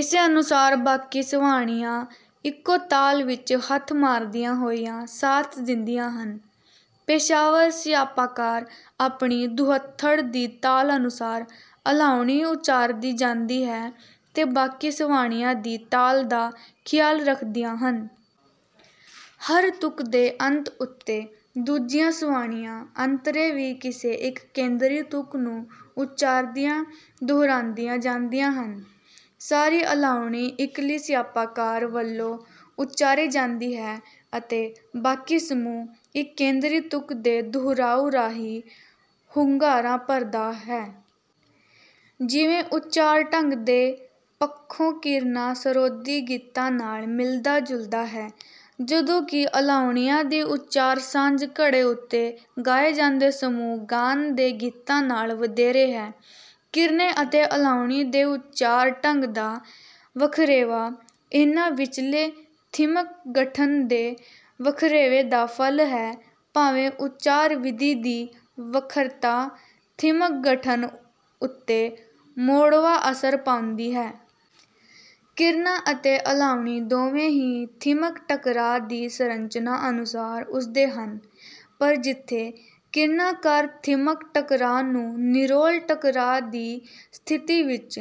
ਇਸੇ ਅਨੁਸਾਰ ਬਾਕੀ ਸਵਾਣੀਆਂ ਇੱਕੋ ਤਾਲ ਵਿੱਚ ਹੱਥ ਮਾਰਦੀਆਂ ਹੋਈਆਂ ਸਾਥ ਦਿੰਦੀਆਂ ਹਨ। ਪੇਸ਼ਾਵਰ ਸਿਆਪਾਕਾਰ ਆਪਣੀ ਦੁਹੱਥੜ ਦੀ ਤਾਲ ਅਨੁਸਾਰ ਅਲਾਹੁਣੀ ਉੱਚਾਰਦੀ ਜਾਂਦੀ ਹੈ ਤੇ ਬਾਕੀ ਸਵਾਣੀਆਂ ਦੀ ਤਾਲ ਦਾ ਖਿਆਲ ਰੱਖਦੀਆਂ ਹਨ। ਹਰ ਤੁਕ ਦੇ ਅੰਤ ਉੱਤੇ ਦੂਜੀਆਂ ਸਵਾਣੀਆਂ ਅੰਤਰੇ ਵੀ ਕਿਸੇ ਇੱਕ ਕੇਂਦਰੀ ਤੁਕ ਨੂੰ ਉੱਚਾਰਦੀਆਂ ਦੁਹਰਾਈਆਂ ਜਾਂਦੀਆਂ ਹਨ। ਸਾਰੀ ਅਲਾਹੁਣੀ ਇੱਕਲੀ ਸਿਆਪਾਕਾਰ ਵੱਲੋਂ ਉੱਚਾਰੀ ਜਾਂਦੀ ਹੈ ਅਤੇ ਬਾਕੀ ਸਮੂਹ ਇੱਕ ਕੇਂਦਰੀ ਤੁਕ ਦੇ ਦੁਹਰਾਉ ਰਾਹੀਂ ਹੁੰਗਾਰਾ ਭਰਦਾ ਹੈ। ਜਿਵੇਂ ਉੱਚਾਰ ਢੰਗ ਦੇ ਪੱਖੋਂ ਕੀਰਨਾ ਸਰੋਦੀ ਗੀਤਾਂ ਨਾਲ ਮਿਲਦਾ ਜੁਲਦਾ ਹੈ ਜਦੋਂ ਕਿ ਅਲਾਹੁਣੀਆਂ ਦੀ ਉੱਚਾਰ ਸਾਂਝ ਘੜੇ ਉੱਤੇ ਗਾਏ ਜਾਂਦੇ ਸਮੂਹ ਗਾਨ ਦੇ ਗੀਤਾਂ ਨਾਲ ਵਧੇਰੇ ਹੈ। ਕੀਰਨੇ ਅਤੇ ਅਲਾਹੁਣੀ ਦੇ ਉੱਚਾਰ ਢੰਗ ਦਾ ਵਖਰੇਵਾਂ ਇਹਨਾਂ ਵਿਚਲੇ ਥੀਮਕ ਗਠਨ ਦੇ ਵਖਰੇਵੇ ਦਾ ਫਲ ਹੈ ਭਾਵੇਂ ਉੱਚਾਰ ਵਿਧੀ ਦੀ ਵੱਖਰਤਾ ਥੀਮਕ ਗਠਨ ਉੱਤੇ ਮੋੜਵਾਂ ਅਸਰ ਪਾਉਂਦੀ ਹੈ। ਕੀਰਨਾ ਅਤੇ ਅਲਾਹੁਣੀ ਦੋਵੇਂ ਹੀ ਥੀਮਕ ਟਕਰਾਅ ਦੀ ਸੰਰਚਨਾ ਅਨੁਸਾਰ ਉਸਰਦੇ ਹਨ ਪਰ ਜਿੱਥੇ ਕੀਰਨਾਕਾਰ ਥੀਮਕ ਟਕਰਾਅ ਨੂੰ ਨਿਰੋਲ ਟਕਰਾਅ ਦੀ ਸਥਿਤੀ ਵਿੱਚ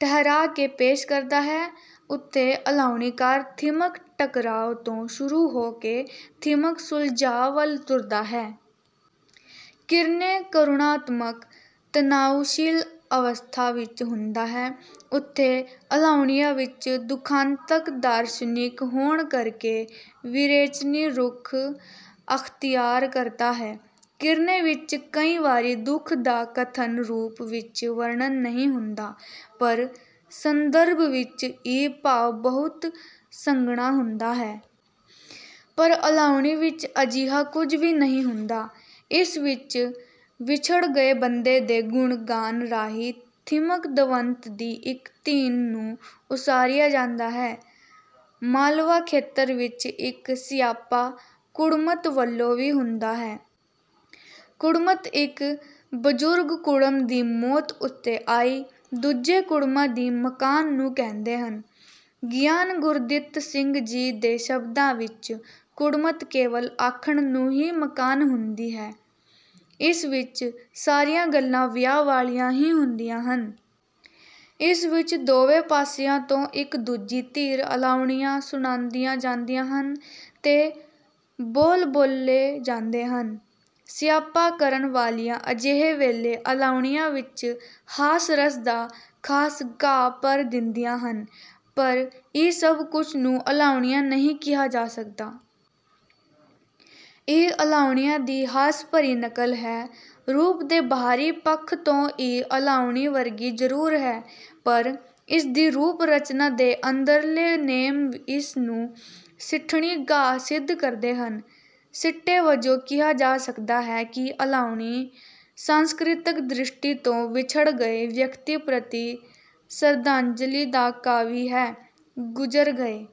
ਠਹਿਰਾ ਕੇ ਪੇਸ਼ ਕਰਦਾ ਹੈ ਉੱਥੇ ਅਲਾਹੁਣੀਕਾਰ ਥੀਮਕ ਟਕਰਾਅ ਤੋਂ ਸ਼ੁਰੂ ਹੋ ਕੇ ਥੀਮਕ ਸੁਲਝਾਅ ਵੱਲ ਤੁਰਦਾ ਹੈ। ਕੀਰਨੇ ਕਰੁਣਾਤਮਕ ਤਨਾਉਸ਼ੀਲ ਅਵਸਥਾ ਵਿੱਚ ਹੁੰਦਾ ਹੈ ਉੱਥੇ ਅਲਾਹੁਣੀਆਂ ਵਿੱਚ ਇਹ ਦੁਖਾਂਤਕ ਦਾਰਸ਼ਨਿਕ ਹੋਣ ਕਰਕੇ ਵਿਰੇਚਨੀ ਰੁਖ ਅਖਤਿਆਰ ਕਰਦਾ ਹੈ। ਕੀਰਨੇ ਵਿੱਚ ਕਈ ਵਾਰੀ ਦੁਖ ਦਾ ਕਥਨ ਰੂਪ ਵਿੱਚ ਵਰਣਨ ਨਹੀਂ ਹੁੰਦਾ ਪਰ ਸੰਦਰਭ ਵਿੱਚ ਇਹ ਭਾਵ ਬਹੁਤ ਸੰਘਣਾ ਹੁੰਦਾ ਹੈ। ਪਰ ਅਲਾਹੁਣੀ ਵਿੱਚ ਅਜਿਹਾ ਕੁੱਝ ਵੀ ਨਹੀਂ ਹੁੰਦਾ। ਇਸ ਵਿੱਚ ਵਿਛੜ ਗਏ ਬੰਦੇ ਦੇ ਗੁਣ ਗਾਨ ਰਾਹੀਂ ਥੀਮਕ ਦਵੰਦ ਦੀ ਇੱਕ ਧਿਰ ਨੂੰ ਉਸਾਰਿਆ ਜਾਂਦਾ ਹੈ। ਮਾਲਵਾ ਖੇਤਰ ਵਿੱਚ ਇੱਕ ਸਿਆਪਾ ਕੁੜਮੱਤ ਵੱਲੋਂ ਵੀ ਹੁੰਦਾ ਹੈ। ਕੁੜਮੱਤ ਇੱਕ ਬਜ਼ੁਰਗ ਕੁੜਮ ਦੀ ਮੌਤ ਉੱਤੇ ਆਈ ਦੂਜੇ ਕੁੜਮਾਂ ਦੀ ਮਕਾਨ ਨੂੰ ਕਹਿੰਦੇ ਹਨ। ਗਿਆਨੀ ਗੁਰਦਿੱਤ ਸਿੰਘ ਜੀ ਦੇ ਸ਼ਬਦਾਂ ਵਿੱਚ ਕੁੜਮਤ ਕੇਵਲ ਆਖਣ ਨੂੰ ਹੀ ਮਕਾਨ ਹੁੰਦੀ ਹੈ। ਇਸ ਵਿੱਚ ਸਾਰੀਆਂ ਗੱਲਾਂ ਵਿਆਹ ਵਾਲੀਆਂ ਹੀ ਹੁੰਦੀਆਂ ਹਨ। ਇਸ ਵਿੱਚ ਦੋਵੇਂ ਪਾਸਿਆਂ ਤੋਂ ਇੱਕ ਦੂਜੀ ਧਿਰ ਅਲਾਹੁਣੀਆਂ ਸੁਣਾਈਆਂ ਜਾਂਦੀਆਂ ਹਨ ਤੇ ਬੋਲ ਬੋਲੇ ਜਾਂਦੇ ਹਨ। ਸਿਆਪਾ ਕਰਨ ਵਾਲੀਆਂ ਅਜੇਹੇ ਵੇਲੇ ਅਲਾਹੁਣੀਆਂ ਵਿੱਚ ਹਾਸ ਰਸ ਦਾ ਖਾਸ ਗਾਹ ਭਰ ਦਿੰਦੀਆਂ ਹਨ ਪਰ ਇਹ ਸਭ ਕੁੱਝ ਨੂੰ ਅਲਾਹੁਣੀਆਂ ਨਹੀਂ ਕਿਹਾ ਜਾ ਸਕਦਾ। ਇਹ ਅਲਾਹੁਣੀਆਂ ਦੀ ਹਾਸ ਭਰੀ ਨਕਲ ਹੈ। ਰੂਪ ਦੇ ਬਾਹਰੀ ਪੱਖ ਤੋਂ ਇਹ ਅਲਾਹੁਣੀ ਵਰਗੀ ਜ਼ਰੂਰ ਹੈ ਪਰ ਇਸ ਦੀ ਰੂਪ ਰਚਨਾ ਦੇ ਅੰਦਰਲੇ ਨੇਮ ਇਸ ਨੂੰ ਸਿੱਠਣੀ ਗਾਹ ਸਿੱਧ ਕਰਦੇ ਹਨ। ਸਿੱਟੇ ਵਜੋਂ ਕਿਹਾ ਜਾ ਸਕਦਾ ਹੈ ਕਿ ਅਲਾਹੁਣੀ ਸਾਂਸਕ੍ਰਿਤਕ ਦ੍ਰਿਸ਼ਟੀ ਤੋਂ ਵਿਛੜ ਗਏ ਵਿਅਕਤੀ ਪ੍ਰਤੀ ਸ਼ਰਧਾਂਜਲੀ ਦਾ ਕਾਵਿ ਹੈ। ਗੁਜ਼ਰ ਗਏ